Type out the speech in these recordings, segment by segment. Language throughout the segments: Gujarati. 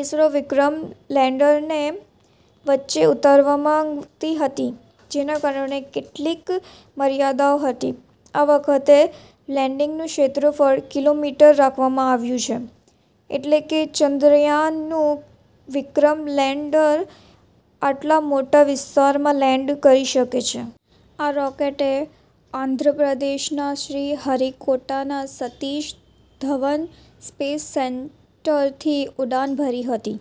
ઇસરો વિક્રમ લેન્ડરને વચ્ચે ઉતારવા માંગતી હતી. જેના કારણે કેટલીક મર્યાદાઓ હતી. આ વખતે લેન્ડિંગનું ક્ષેત્રફળ કિલોમીટર રાખવામાં આવ્યું છે. એટલે કે ચંદ્રયાન- નું વિક્રમ લેન્ડર આટલા મોટા વિસ્તારમાં લેન્ડ કરી શકે છે. આ રોકેટે આંધ્રપ્રદેશના શ્રીહરિકોટાના સતીશ ધવન સ્પેસ સેન્ટરથી ઉડાન ભરી હતી.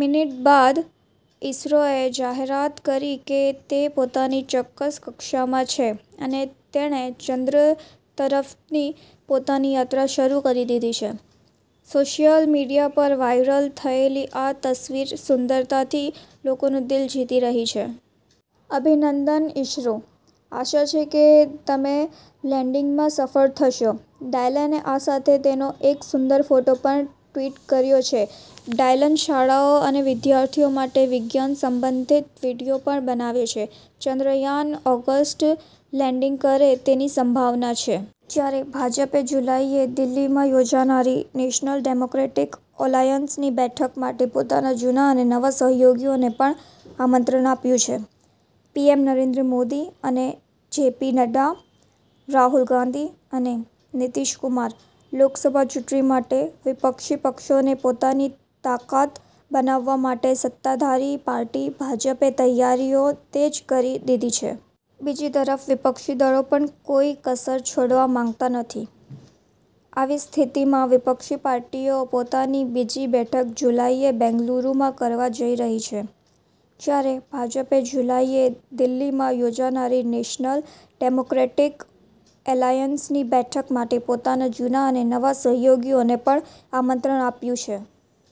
મિનિટ બાદ ઈસરોએ જાહેરાત કરી કે તે પોતાની ચોક્કસ કક્ષામાં છે અને તેણે ચંદ્ર તરફની પોતાની યાત્રા શરૂ કરી દીધી છે. સોશિયલ મીડિયા પર વાયરલ થયેલી આ તસવીર સુંદરતાથી લોકોનું દિલ જીતી રહી છે. અભિનંદન ઇશરો! આશા છે કે તમે લેન્ડિંગમાં સફળ થશો. ડાયલને આ સાથે તેનો એક સુંદર ફોટો પણ ટ્વિટ કર્યો છે. ડાયલન શાળાઓ અને વિદ્યાર્થીઓ માટે વિજ્ઞાન-સંબંધિત વીડિયો પણ બનાવે છે. ચંદ્રયાન ઓગસ્ટ લેન્ડિંગ કરે તેવી સંભાવના છે. જ્યારે ભાજપે જુલાઈએ દિલ્હીમાં યોજાનારી નેશનલ ડેમોક્રેટિક એલાયન્સ ની બેઠક માટે પોતાના જૂના અને નવા સહયોગીઓને પણ આમંત્રણ આપ્યું છે, પીએમ નરેન્દ્ર મોદી અને જેપી નડ્ડા. રાહુલ ગાંધી અને નીતિશ કુમાર: લોકસભા ચૂંટણી માટે વિપક્ષી પક્ષોને પોતાની તાકાત બતાવવા માટે સત્તાધારી પાર્ટી ભાજપે તૈયારીઓ તેજ કરી દીધી છે. બીજી તરફ વિપક્ષી દળો પણ કોઈ કસર છોડવા માંગતા નથી. આવી સ્થિતિમાં વિપક્ષી પાર્ટીઓ પોતાની બીજી બેઠક જુલાઈએ બેંગલુરુમાં કરવા જઈ રહી છે. જ્યારે ભાજપે જુલાઈએ દિલ્હીમાં યોજાનારી નેશનલ ડેમોક્રેટિક એલાયન્સ ની બેઠક માટે પોતાના જૂના અને નવા સહયોગીઓને પણ આમંત્રણ આપ્યું છે.